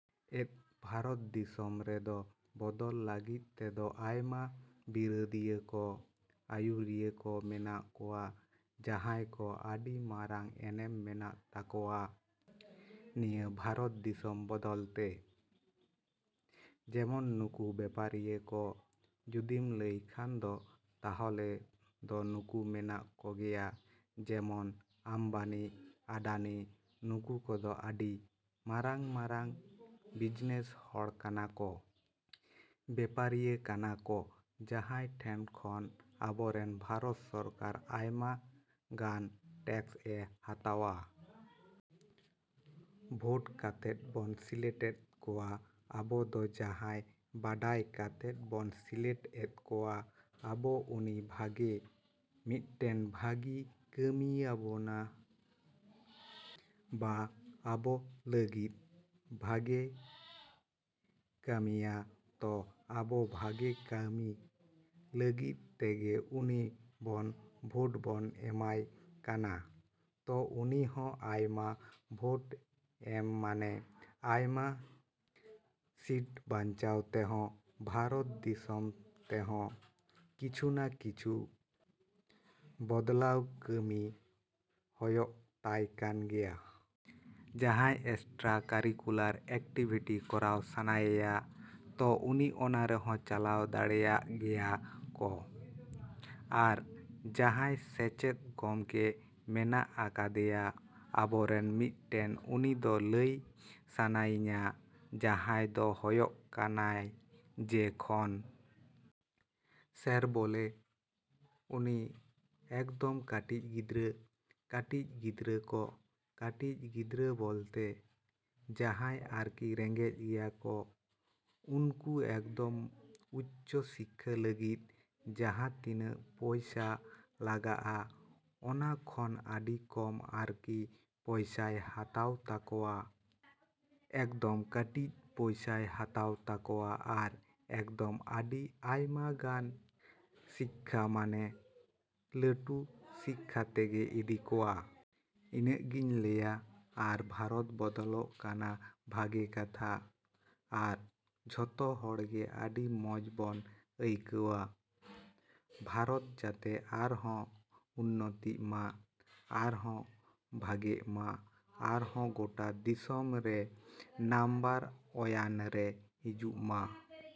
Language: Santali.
ᱮᱸᱫ ᱟᱵᱚ ᱵᱷᱟᱨᱚᱛ ᱫᱤᱥᱚᱢ ᱨᱮᱫᱚ ᱵᱚᱫᱚᱞ ᱞᱟᱹᱜᱤᱫ ᱛᱮᱫᱚ ᱟᱭᱢᱟ ᱵᱤᱨᱳᱫᱤᱭᱟᱹ ᱠᱚ, ᱟᱹᱭᱩᱨᱤᱭᱟᱹ ᱠᱚ ᱢᱮᱱᱟᱜ ᱠᱚᱣᱟ ᱡᱟᱦᱟᱸᱭ ᱠᱚ ᱟᱹᱰᱤ ᱢᱟᱨᱟᱝ ᱮᱱᱮᱢ ᱢᱮᱱᱟᱜ ᱛᱟᱠᱚᱣᱟ ᱱᱤᱭᱟᱹ ᱵᱷᱟᱨᱚᱛ ᱫᱤᱥᱚᱢ ᱵᱚᱫᱚᱞ ᱛᱮ ᱾ ᱡᱮᱢᱚᱱ ᱱᱩᱠᱩ ᱵᱮᱯᱟᱨᱤᱭᱟᱹ ᱠᱚ ᱡᱩᱫᱤᱢ ᱞᱟᱹᱭ ᱠᱷᱟᱱ ᱫᱚ ᱛᱟᱦᱚᱞᱮ ᱫᱚ ᱩᱱᱠᱩ ᱢᱮᱱᱟᱜ ᱠᱚᱜᱮᱭᱟ ᱡᱮᱢᱚᱱ ᱟᱢᱵᱟᱱᱤ, ᱟᱰᱟᱱᱤ ᱩᱱᱠᱩ ᱠᱚᱫᱚ ᱟᱹᱰᱤ ᱢᱟᱨᱟᱝᱼᱢᱟᱨᱟᱝ ᱵᱤᱡᱽᱱᱮᱥ ᱦᱚᱲ ᱠᱟᱱᱟ ᱠᱚ, ᱵᱮᱯᱟᱨᱤᱭᱟᱹ ᱠᱟᱱᱟ ᱠᱚ ᱡᱟᱦᱟᱸᱭ ᱴᱷᱮᱱ ᱠᱷᱚᱱ ᱟᱵᱚᱨᱮᱱ ᱵᱷᱟᱨᱚᱛ ᱥᱚᱨᱠᱟᱨ ᱟᱭᱢᱟ ᱜᱟᱱ ᱴᱮᱠᱥ ᱮ ᱦᱟᱛᱟᱣᱟ᱾ ᱵᱷᱳᱴ ᱠᱟᱛᱮᱫ ᱵᱚᱱ ᱥᱤᱞᱮᱠᱴ ᱮᱫ ᱠᱚᱣᱟ, ᱟᱵᱚ ᱫᱚ ᱡᱟᱦᱟᱸᱭ ᱵᱟᱰᱟᱭ ᱠᱟᱛᱮᱫ ᱵᱚᱱ ᱥᱤᱞᱮᱠᱴ ᱮᱫ ᱠᱚᱣᱟ ᱟᱵᱚ ᱩᱱᱤ ᱵᱷᱟᱜᱮ ᱢᱤᱫᱴᱮᱱ ᱵᱷᱟᱹᱜᱤ ᱠᱟᱹᱢᱤᱭᱟᱵᱚᱱᱟ ᱵᱟ ᱟᱵᱚ ᱞᱟᱹᱜᱤᱫ ᱵᱷᱟᱹᱜᱮ ᱠᱟᱹᱢᱤᱭᱟ ᱛᱚ ᱟᱵᱚ ᱵᱷᱟᱜᱮ ᱠᱟᱹᱢᱤ ᱞᱟᱹᱜᱤᱫ ᱛᱮᱜᱮ ᱩᱱᱤ ᱵᱚᱱ ᱵᱷᱳᱴ ᱵᱚᱱ ᱮᱢᱟᱭ ᱠᱟᱱᱟ ᱛᱚ ᱩᱱᱤ ᱦᱚᱸ ᱟᱭᱟᱜ ᱵᱷᱳᱴ ᱮᱢ ᱢᱟᱱᱮ ᱟᱭᱟᱜ ᱥᱤᱴ ᱵᱟᱧᱪᱟᱣ ᱛᱮᱦᱚᱸ ᱵᱷᱟᱨᱚᱛ ᱫᱤᱥᱚᱢ ᱛᱮᱦᱚᱸ ᱠᱤᱪᱷᱩ ᱱᱟ ᱠᱤᱪᱷᱩ ᱵᱚᱫᱽᱞᱟᱣ ᱠᱟᱹᱢᱤ ᱦᱚᱭᱚᱜ ᱛᱟᱭ ᱠᱟᱱ ᱜᱮᱭᱟ᱾ ᱡᱟᱸᱦᱟᱭ ᱮᱠᱥᱴᱨᱟ ᱠᱟᱨᱤᱠᱩᱞᱟᱨ ᱮᱠᱴᱤᱵᱷᱤᱴᱤ ᱠᱚᱨᱟᱣ ᱥᱟᱱᱟᱭᱮᱭᱟ ᱛᱚ ᱩᱱᱤ ᱚᱱᱟ ᱨᱮᱦᱚᱸ ᱪᱟᱞᱟᱣ ᱫᱟᱲᱮᱭᱟᱜ ᱜᱮᱭᱟ ᱠᱚ ᱟᱨ ᱡᱟᱦᱟᱭ ᱥᱮᱪᱮᱫ ᱜᱚᱢᱠᱮ ᱢᱮᱱᱟᱜ ᱟᱠᱟᱫᱮᱭᱟ ᱟᱵᱚᱨᱮᱱ ᱢᱤᱫ ᱴᱮᱱ ᱤᱧ ᱫᱚ ᱞᱟᱹᱭ ᱥᱟᱱᱟᱭᱤᱧᱟ ᱡᱟᱦᱟᱭ ᱫᱚ ᱦᱚᱭᱚᱜ ᱠᱟᱱᱟᱭ ᱡᱮ ᱠᱷᱟᱱ ᱥᱮᱨ ᱵᱚᱞᱮ ᱩᱱᱤ ᱮᱠᱫᱚᱢ ᱠᱟᱹᱴᱤᱡ ᱜᱤᱫᱽᱨᱟᱹ, ᱠᱟᱹᱴᱤᱡ ᱜᱤᱫᱽᱨᱟᱹ ᱠᱚ, ᱠᱟᱹᱴᱤᱡ ᱜᱤᱫᱽᱨᱟᱹ ᱵᱚᱞᱛᱮ ᱡᱟᱦᱟᱭ ᱟᱨᱠᱤ ᱨᱮᱸᱜᱮᱡ ᱜᱮᱭᱟᱠᱚ ᱩᱱᱠᱩ ᱮᱠᱫᱚᱢ ᱩᱪᱪᱚ ᱥᱤᱠᱠᱷᱟ ᱞᱟᱹᱜᱤᱫ ᱡᱟᱦᱟ ᱛᱤᱱᱟᱹᱜ ᱯᱚᱭᱥᱟ ᱞᱟᱜᱟᱜᱼᱟ ᱚᱱᱟ ᱠᱷᱚᱱ ᱟᱹᱰᱤ ᱠᱚᱢ ᱟᱨᱠᱤ ᱯᱚᱭᱥᱟᱭ ᱦᱟᱛᱟᱣ ᱛᱟᱠᱚᱣᱟ ᱮᱠᱫᱚᱢ ᱠᱟᱹᱴᱤᱡ ᱯᱚᱭᱥᱟᱭ ᱦᱟᱛᱟᱣ ᱛᱟᱠᱚᱣᱟ ᱟᱨ ᱮᱠᱫᱚᱢ ᱟᱹᱰᱤ ᱟᱭᱢᱟ ᱜᱟᱱ ᱥᱤᱠᱠᱷᱟ ᱢᱟᱱᱮ ᱞᱟᱹᱴᱩ ᱥᱤᱠᱠᱷᱟ ᱛᱷᱮᱠᱮ ᱤᱫᱤ ᱠᱚᱣᱟ᱾ ᱤᱱᱟᱹᱜᱤᱧ ᱞᱟᱹᱭᱟ ᱟᱨ ᱵᱷᱟᱨᱚᱛ ᱵᱚᱫᱚᱞᱚᱜ ᱠᱟᱱᱟ ᱵᱷᱟᱹᱜᱮ ᱠᱟᱛᱷᱟ ᱟᱨ ᱡᱷᱚᱛᱚ ᱦᱚᱲ ᱜᱮ ᱟᱹᱰᱤ ᱢᱚᱸᱡᱽ ᱵᱚᱱ ᱟᱹᱭᱠᱟᱹᱣᱟ ᱵᱷᱟᱨᱚᱛ ᱡᱟᱛᱮ ᱟᱨᱦᱚᱸ ᱩᱱᱱᱚᱛᱤᱜᱼᱢᱟ, ᱟᱨᱦᱚᱸ ᱵᱷᱟᱜᱮᱜ ᱢᱟ, ᱟᱨᱦᱚ ᱜᱳᱴᱟ ᱫᱤᱥᱚᱢ ᱨᱮ ᱱᱟᱢᱵᱟᱨ ᱚᱣᱟᱱ ᱨᱮ ᱦᱤᱡᱩᱜ ᱢᱟ᱾।